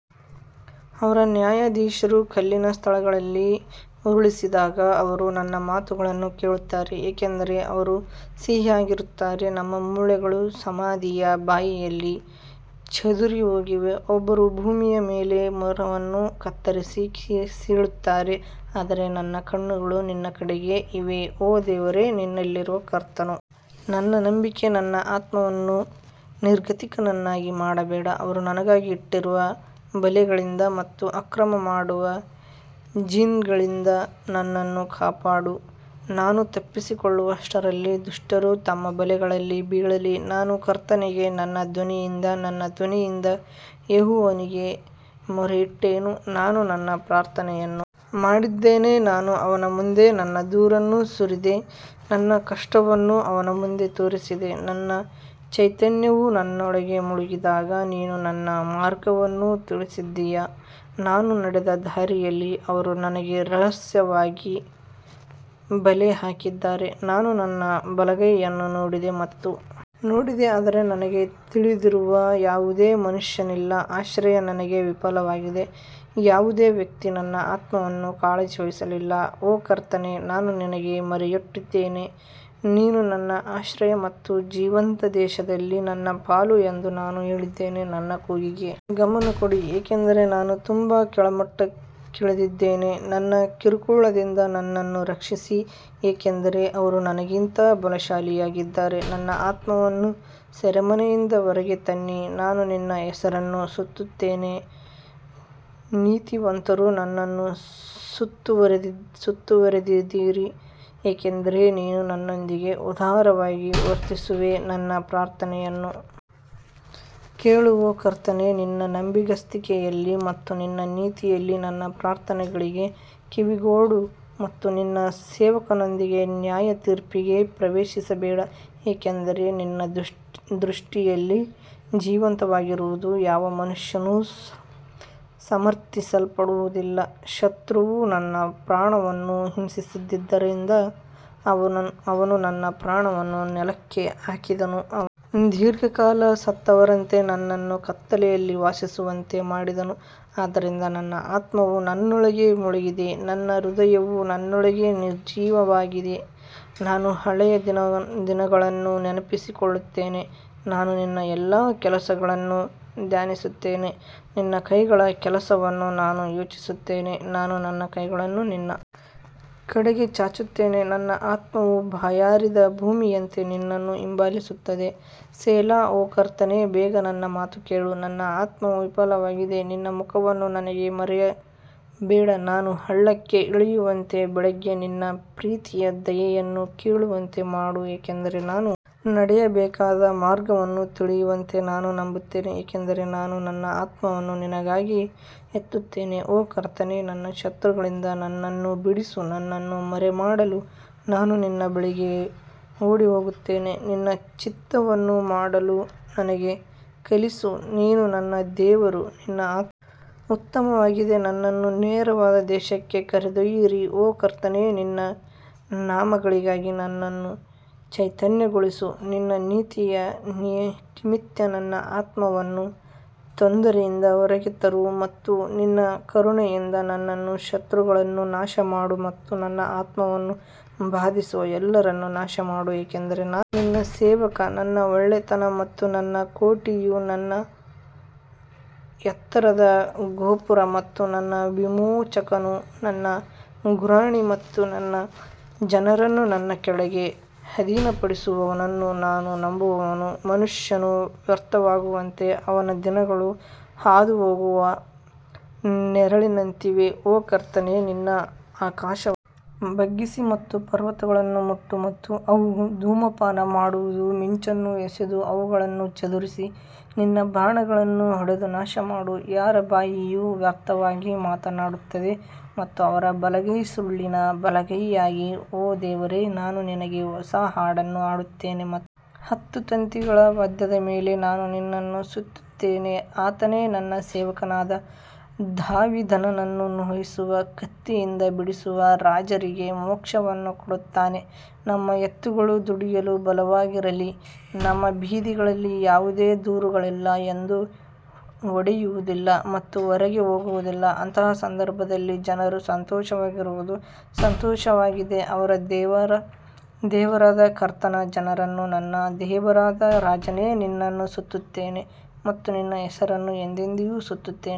ಅವರ ನ್ಯಾಯಾಧೀಶರು ಕಲ್ಲಿನ ಸ್ಥಳಗಳಲ್ಲಿ ಉರುಳಿಸಿದಾಗ ಅವರು ನನ್ನ ಮಾತುಗಳನ್ನು ಕೇಳುತ್ತಾರೆ ಏಕೆಂದರೆ ಅವರು ಸಿಹಿಯಾಗಿರುತ್ತಾರೆ ನಮ್ಮ ಮೂಳೆಗಳು ಸಮಾಧಿಯ ಬಾಯಿಯಲ್ಲಿ ಚದುರಿಹೋಗಿವೆ, ಒಬ್ಬರು ಭೂಮಿಯ ಮೇಲೆ ಮರವನ್ನು ಕತ್ತರಿಸಿ ಸೀಳುತ್ತಾರೆ. ಆದರೆ ನನ್ನ ಕಣ್ಣುಗಳು ನಿನ್ನ ಕಡೆಗೆ ಇವೆ ಓ ದೇವರೇ, ನಿನ್ನಲ್ಲಿರುವ ಕರ್ತನು ನನ್ನ ನಂಬಿಕೆ ನನ್ನ ಆತ್ಮವನ್ನು ನಿರ್ಗತಿಕನನ್ನಾಗಿ ಮಾಡಬೇಡ ಅವರು ನನಗಾಗಿ ಇಟ್ಟಿರುವ ಬಲೆಗಳಿಂದ ಮತ್ತು ಅಕ್ರಮ ಮಾಡುವವರ ಜಿನ್ಗಳಿಂದ ನನ್ನನ್ನು ಕಾಪಾಡು ನಾನು ತಪ್ಪಿಸಿಕೊಳ್ಳುವಷ್ಟರಲ್ಲಿ ದುಷ್ಟರು ತಮ್ಮ ಬಲೆಗಳಲ್ಲಿ ಬೀಳಲಿ ನಾನು ಕರ್ತನಿಗೆ ನನ್ನ ಧ್ವನಿಯಿಂದ ನನ್ನ ಧ್ವನಿಯಿಂದ ಯೆಹೋವನಿಗೆ ಮೊರೆಯಿಟ್ಟೆನು ನಾನು ನನ್ನ ಪ್ರಾರ್ಥನೆಯನ್ನು ಮಾಡಿದ್ದೇನೆ ನಾನು ಅವನ ಮುಂದೆ ನನ್ನ ದೂರನ್ನು ಸುರಿದೆ, ನನ್ನ ಕಷ್ಟವನ್ನು ಅವನ ಮುಂದೆ ತೋರಿಸಿದೆ ನನ್ನ ಚೈತನ್ಯವು ನನ್ನೊಳಗೆ ಮುಳುಗಿದಾಗ ನೀನು ನನ್ನ ಮಾರ್ಗವನ್ನು ತಿಳಿದಿದ್ದೀಯಾ ನಾನು ನಡೆದ ದಾರಿಯಲ್ಲಿ ಅವರು ನನಗೆ ರಹಸ್ಯವಾಗಿ ಬಲೆ ಹಾಕಿದ್ದಾರೆ ನಾನು ನನ್ನ ಬಲಗೈಯನ್ನು ನೋಡಿದೆ ಮತ್ತು ನೋಡಿದೆ ಆದರೆ ನನಗೆ ತಿಳಿದಿರುವ ಯಾವುದೇ ಮನುಷ್ಯನಿಲ್ಲ ಆಶ್ರಯ ನನಗೆ ವಿಫಲವಾಗಿದೆ ಯಾವುದೇ ವ್ಯಕ್ತಿ ನನ್ನ ಆತ್ಮವನ್ನು ಕಾಳಜಿ ವಹಿಸಲಿಲ್ಲ ಓ ಕರ್ತನೇ ನಾನು ನಿನಗೆ ಮೊರೆಯಿಟ್ಟಿದ್ದೇನೆ, ನೀನು ನನ್ನ ಆಶ್ರಯ ಮತ್ತು ಜೀವಂತ ದೇಶದಲ್ಲಿ ನನ್ನ ಪಾಲು ಎಂದು ನಾನು ಹೇಳಿದೆ ನನ್ನ ಕೂಗಿಗೆ ಗಮನ ಕೊಡಿ, ಏಕೆಂದರೆ ನಾನು ತುಂಬಾ ಕೆಳಮಟ್ಟಕ್ಕಿಳಿದಿದ್ದೇನೆ, ನನ್ನ ಕಿರುಕುಳದಿಂದ ನನ್ನನ್ನು ರಕ್ಷಿಸಿ ಏಕೆಂದರೆ ಅವರು ನನಗಿಂತ ಬಲಶಾಲಿಯಾಗಿದ್ದಾರೆ ನನ್ನ ಆತ್ಮವನ್ನು ಸೆರೆಮನೆಯಿಂದ ಹೊರಗೆ ತನ್ನಿ, ನಾನು ನಿನ್ನ ಹೆಸರನ್ನು ಸ್ತುತಿಸುತ್ತೇನೆ, ನೀತಿವಂತರು ನನ್ನನ್ನು ಸುತ್ತುವರಿದಿರಿ ಏಕೆಂದರೆ ನೀನು ನನ್ನೊಂದಿಗೆ ಉದಾರವಾಗಿ ವರ್ತಿಸುವೆ ನನ್ನ ಪ್ರಾರ್ಥನೆಯನ್ನು ಕೇಳು ಓ ಕರ್ತನೇ ನಿನ್ನ ನಂಬಿಗಸ್ತಿಕೆಯಲ್ಲಿ ಮತ್ತು ನಿನ್ನ ನೀತಿಯಲ್ಲಿ ನನ್ನ ಪ್ರಾರ್ಥನೆಗಳಿಗೆ ಕಿವಿಗೊಡು ಮತ್ತು ನಿನ್ನ ಸೇವಕನೊಂದಿಗೆ ನ್ಯಾಯತೀರ್ಪಿಗೆ ಪ್ರವೇಶಿಸಬೇಡ ಏಕೆಂದರೆ ನಿನ್ನ ದೃಷ್ಟಿಯಲ್ಲಿ ಜೀವಂತವಾಗಿರುವ ಯಾವ ಮನುಷ್ಯನೂ ಸಮರ್ಥಿಸಲ್ಪಡುವುದಿಲ್ಲ ಶತ್ರುವು ನನ್ನ ಪ್ರಾಣವನ್ನು ಹಿಂಸಿಸಿದ್ದರಿಂದ ಅವನು ನನ್ನ ಪ್ರಾಣವನ್ನು ನೆಲಕ್ಕೆ ಹಾಕಿದನು, ಅವನು ದೀರ್ಘಕಾಲ ಸತ್ತವರಂತೆ ನನ್ನನ್ನು ಕತ್ತಲೆಯಲ್ಲಿ ವಾಸಿಸುವಂತೆ ಮಾಡಿದನು ಆದ್ದರಿಂದ ನನ್ನ ಆತ್ಮವು ನನ್ನೊಳಗೆ ಮುಳುಗಿದೆ, ನನ್ನ ಹೃದಯವು ನನ್ನೊಳಗೆ ನಿರ್ಜನವಾಗಿದೆ ನಾನು ಹಳೆಯ ದಿನಗಳನ್ನು ನೆನಪಿಸಿಕೊಳ್ಳುತ್ತೇನೆ, ನಾನು ನಿನ್ನ ಎಲ್ಲಾ ಕೆಲಸಗಳನ್ನು ಧ್ಯಾನಿಸುತ್ತೇನೆ, ನಿನ್ನ ಕೈಗಳ ಕೆಲಸವನ್ನು ನಾನು ಯೋಚಿಸುತ್ತೇನೆ ನಾನು ನನ್ನ ಕೈಗಳನ್ನು ನಿನ್ನ ಕಡೆಗೆ ಚಾಚುತ್ತೇನೆ ನನ್ನ ಆತ್ಮವು ಬಾಯಾರಿದ ಭೂಮಿಯಂತೆ ನಿನ್ನನ್ನು ಹಿಂಬಾಲಿಸುತ್ತದೆ ಸೆಲಾ ಓ ಕರ್ತನೇ ಬೇಗ ನನ್ನ ಮಾತು ಕೇಳು ನನ್ನ ಆತ್ಮವು ವಿಫಲವಾಗಿದೆ ನಿನ್ನ ಮುಖವನ್ನು ನನಗೆ ಮರೆಮಾಡಬೇಡ ನಾನು ಹಳ್ಳಕ್ಕೆ ಇಳಿಯುವವರಂತೆ ಬೆಳಿಗ್ಗೆ ನಿನ್ನ ಪ್ರೀತಿಯ ದಯೆಯನ್ನು ಕೇಳುವಂತೆ ಮಾಡು, ಏಕೆಂದರೆ ನಾನು ನಡೆಯಬೇಕಾದ ಮಾರ್ಗವನ್ನು ತಿಳಿಯುವಂತೆ ನಾನು ನಂಬುತ್ತೇನೆ, ಏಕೆಂದರೆ ನಾನು ನನ್ನ ಆತ್ಮವನ್ನು ನಿನಗಾಗಿ ಎತ್ತುತ್ತೇನೆ ಓ ಕರ್ತನೇ ನನ್ನ ಶತ್ರುಗಳಿಂದ ನನ್ನನ್ನು ಬಿಡಿಸು, ನನ್ನನ್ನು ಮರೆಮಾಡಲು ನಾನು ನಿನ್ನ ಬಳಿಗೆ ಓಡಿಹೋಗುತ್ತೇನೆ ನಿನ್ನ ಚಿತ್ತವನ್ನು ಮಾಡಲು ನನಗೆ ಕಲಿಸು, ನೀನು ನನ್ನ ದೇವರು, ನಿನ್ನ ಆತ್ಮವು ಉತ್ತಮವಾಗಿದೆ ನನ್ನನ್ನು ನೇರವಾದ ದೇಶಕ್ಕೆ ಕರೆದೊಯ್ಯಿರಿ ಓ ಕರ್ತನೇ ನಿನ್ನ ನಾಮಗಳಿಗಾಗಿ ನನ್ನನ್ನು ಚೈತನ್ಯಗೊಳಿಸು ನಿನ್ನ ನೀತಿಯ ನಿಮಿತ್ತ ನನ್ನ ಆತ್ಮವನ್ನು ತೊಂದರೆಯಿಂದ ಹೊರಗೆ ತರು ಮತ್ತು ನಿನ್ನ ಕರುಣೆಯಿಂದ ನನ್ನ ಶತ್ರುಗಳನ್ನು ನಾಶಮಾಡು ಮತ್ತು ನನ್ನ ಆತ್ಮವನ್ನು ಬಾಧಿಸುವ ಎಲ್ಲರನ್ನು ನಾಶಮಾಡು, ಏಕೆಂದರೆ ನಾನು ನಿನ್ನ ಸೇವಕ ನನ್ನ ಒಳ್ಳೆಯತನ ಮತ್ತು ನನ್ನ ಕೋಟೆಯು ನನ್ನ ಎತ್ತರದ ಗೋಪುರ ಮತ್ತು ನನ್ನ ವಿಮೋಚಕನು ನನ್ನ ಗುರಾಣಿ ಮತ್ತು ನನ್ನ ಜನರನ್ನು ನನ್ನ ಕೆಳಗೆ ಅಧೀನಪಡಿಸುವವನನ್ನು ನಾನು ನಂಬುವವನು ಮನುಷ್ಯನು ವ್ಯರ್ಥವಾಗುವಂತೆ ಅವನ ದಿನಗಳು ಹಾದುಹೋಗುವ ನೆರಳಿನಂತಿವೆ ಓ ಕರ್ತನೇ ನಿನ್ನ ಆಕಾಶವನ್ನು ಬಗ್ಗಿಸಿ ಮತ್ತು ಪರ್ವತಗಳನ್ನು ಮುಟ್ಟು ಮತ್ತು ಅವು ಧೂಮಪಾನ ಮಾಡುವವು ಮಿಂಚನ್ನು ಎಸೆದು ಅವುಗಳನ್ನು ಚದುರಿಸಿ ನಿನ್ನ ಬಾಣಗಳನ್ನು ಹೊಡೆದು ನಾಶಮಾಡು ಯಾರ ಬಾಯಿಯು ವ್ಯರ್ಥವಾಗಿ ಮಾತನಾಡುತ್ತದೆ ಮತ್ತು ಅವರ ಬಲಗೈ ಸುಳ್ಳಿನ ಬಲಗೈಯಾಗಿದೆ ಓ ದೇವರೇ, ನಾನು ನಿನಗೆ ಹೊಸ ಹಾಡನ್ನು ಹಾಡುತ್ತೇನೆ ಮತ್ತು ಹತ್ತು ತಂತಿಗಳ ವಾದ್ಯದ ಮೇಲೆ ನಾನು ನಿನ್ನನ್ನು ಸ್ತುತಿಸುತ್ತೇನೆ ಆತನೇ ತನ್ನ ಸೇವಕನಾದ ದಾವೀದನನ್ನು ನೋಯಿಸುವ ಕತ್ತಿಯಿಂದ ಬಿಡಿಸುವ ರಾಜರಿಗೆ ಮೋಕ್ಷವನ್ನು ಕೊಡುತ್ತಾನೆ ನಮ್ಮ ಎತ್ತುಗಳು ದುಡಿಯಲು ಬಲವಾಗಿರಲಿ, ನಮ್ಮ ಬೀದಿಗಳಲ್ಲಿ ಯಾವುದೇ ದೂರುಗಳಿಲ್ಲ ಎಂದು ಒಡೆಯುವುದಿಲ್ಲ ಮತ್ತು ಹೊರಗೆ ಹೋಗುವುದಿಲ್ಲ ಅಂತಹ ಸಂದರ್ಭದಲ್ಲಿ ಜನರು ಸಂತೋಷವಾಗಿರುವುದು ಸಂತೋಷವಾಗಿದೆ, ಅವರ ದೇವರಾದ ಕರ್ತನ ಜನರು ನನ್ನ ದೇವರಾದ ರಾಜನೇ ನಿನ್ನನ್ನು ಸ್ತುತಿಸುತ್ತೇನೆ ಮತ್ತು ನಿನ್ನ ಹೆಸರನ್ನು ಎಂದೆಂದಿಗೂ ಸ್ತುತಿಸುತ್ತೇನೆ.